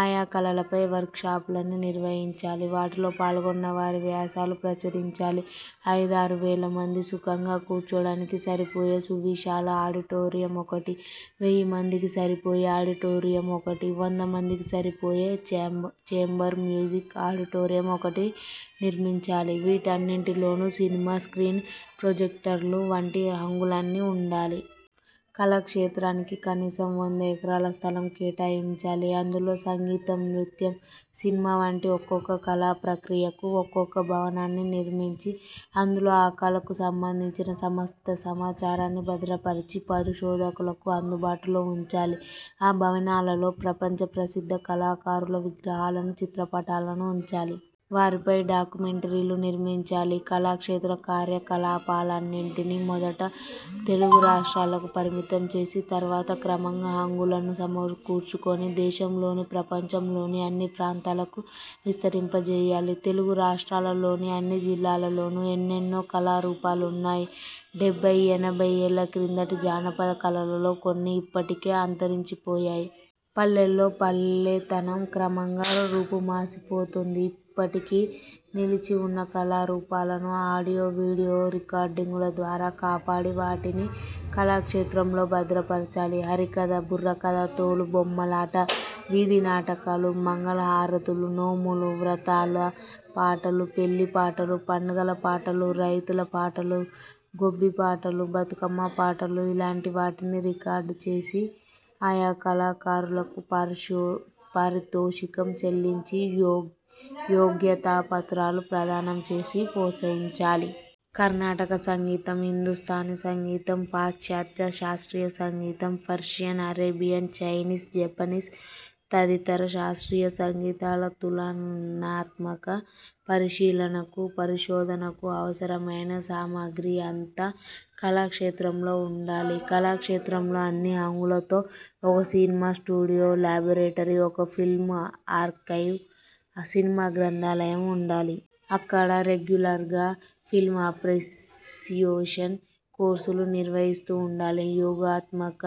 ఆయా కళలపై వర్క్షాప్లను నిర్వహించాలి. వాటిలో పాల్గొన్నవారి వ్యాసాలు ప్రచురించాలి. ఐదారు వేలమంది సుఖంగా కూర్చోడానికి సరిపోయే సువిశాల ఆడిటోరియం ఒకటి, వెయ్యి మందికి సరిపోయే ఆడిటోరియం ఒకటి, వందమందికి సరిపోయే ఛేంబర్ మ్యూజిక్ ఆడిటోరియం ఒకటి నిర్మించాలి. వీటన్నింటిలోనూ సినిమా స్ర్కీన్, ప్రొజెక్టర్లు వంటి హంగులన్నీ ఉండాలి. కళాక్షేత్రానికి కనీసం వంద ఎకరాల స్థలం కేటాయించాలి. అందులో సంగీతం, నృత్యం, సినిమా వంటి ఒక్కొక్క కళా ప్రక్రియకు ఒక్కొక్క భవనాన్ని నిర్మించి, అందులో ఆ కళకు సంబంధించిన సమస్త సమాచారాన్ని భద్రపరచి పరిశోధకులకు అందుబాటులో ఉంచాలి. ఆ భవనాలలో ప్రపంచ ప్రసిద్థ కళాకారుల విగ్రహాలను, చిత్రపటాలను ఉంచాలి. వారిపై డాక్యుమెంటరీలు నిర్మించాలి. కళాక్షేత్ర కార్యకలాపాలన్నింటినీ మొదట తెలుగు రాష్ర్టాలకు పరిమితం చేసి, తర్వాత క్రమంగా హంగులను సమకూర్చుకొని, దేశంలోని, ప్రపంచంలోని అన్ని ప్రాంతాలకు విస్తరింపజేయాలి. తెలుగు రాష్ర్టాలలోని అన్ని జిల్లాలలోనూ ఎన్నెన్నో కళారూపాలున్నాయి. డెబ్భయ్, ఎనభై యేళ్ళ క్రిందటి జానపద కళలలో కొన్ని ఇప్పటికే అంతరించిపోయాయి. పల్లెల్లో 'పల్లెతనం' క్రమంగా రూపుమాసిపోతోంది. ఇప్పటికీ నిలిచి ఉన్న కళారూపాలను ఆడియో–వీడియో రికార్డింగుల ద్వారా కాపాడి, వాటిని కళాక్షేత్రంలో భద్రపరచాలి. హరికథ, బుర్రకథ, తోలుబొమ్మలాట, వీధినాటకాలు, మంగళహారతులు, నోములు–వ్రతాల పాటలు, పెళ్ళిపాటలు, పండగల పాటలు, రైతుల పాటలు, గొబ్బి పాటలు, బతకమ్మ పాటలు – ఇలాంటి వాటిని రికార్డు చేసి, ఆయా కళాకారులకు పారితోషికం చెల్లించి, యోగ్యతా పత్రాలు ప్రదానం చేసి ప్రోత్సహించాలి. కర్ణాటక సంగీతం, హిందుస్థానీ సంగీతం, పాశ్చాత్య శాస్ర్తీయ సంగీతం, పర్షియన్, అరేబియన్, చైనీస్, జాపనీస్, తదితర శాస్ర్తీయ సంగీతాల తులనాత్మక పరిశీలనకు, పరిశోధనకు అవసరమైన సామగ్రి అంతా కళాక్షేత్రంలో ఉండాలి. కళాక్షేత్రంలో అన్ని హంగులతో ఒక సినిమా స్టూడియో, లాబొరేటరీ, ఒక ఫిల్మ్ ఆర్కైవ్, సినిమా గ్రంథాలయం ఉండాలి. అక్కడ రెగ్యులర్గా ఫిల్మ్అప్రీసియేషన్ కోర్సులు నిర్వహిస్తూ ఉండాలి. ప్రయోగాత్మక,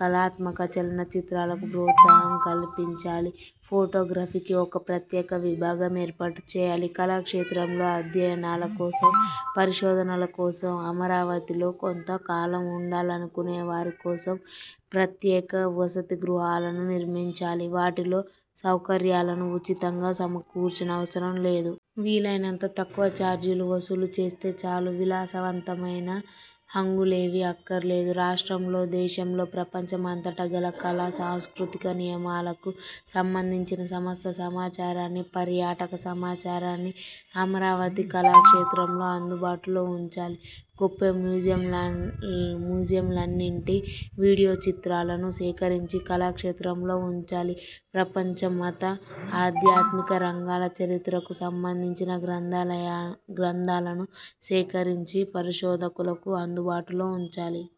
కళాత్మక చలన చిత్రాలకు ప్రోత్సాహం కల్పించాలి. ఫొటోగ్రఫీకి ఒక ప్రత్యేక విభాగం ఏర్పాటు చేయాలి. కళాక్షేత్రంలో అధ్యయనాల కోసం, పరిశోధనల కోసం అమరావతిలో కొంత కాలం ఉండాలనుకొనే వారికోసం ప్రత్యేక వసతి గృహాలను నిర్మించాలి. వాటిలో సౌకర్యాలను ఉచితంగా సమకూర్చనవసరం లేదు. వీలైనంత తక్కువ ఛార్జీలు వసూలు చేస్తే చాలు. విలాసవంతమైన హంగులేవీ అక్కర్లేదు. రాష్ట్రంలో, దేశంలో, ప్రపంచమంతటా గల కళా సాంస్కృతిక నిలయాలకు సంబంధించిన సమస్త సమాచారాన్ని, పర్యాటక సమాచారాన్ని అమరావతి కళాక్షేత్రంలో అందుబాటులోఉంచాలి. గొప్ప మ్యూజియంలన్నింటి వీడియో చిత్రాలను సేకరించి కళాక్షేత్రంలో ఉంచాలి. ప్రపంచ మత, ఆధ్యాత్మిక రంగాల చరిత్రకు సంబంధించిన గ్రంథాలను సేకరించి పరిశోధకులకు అందుబాటులో ఉంచాలి.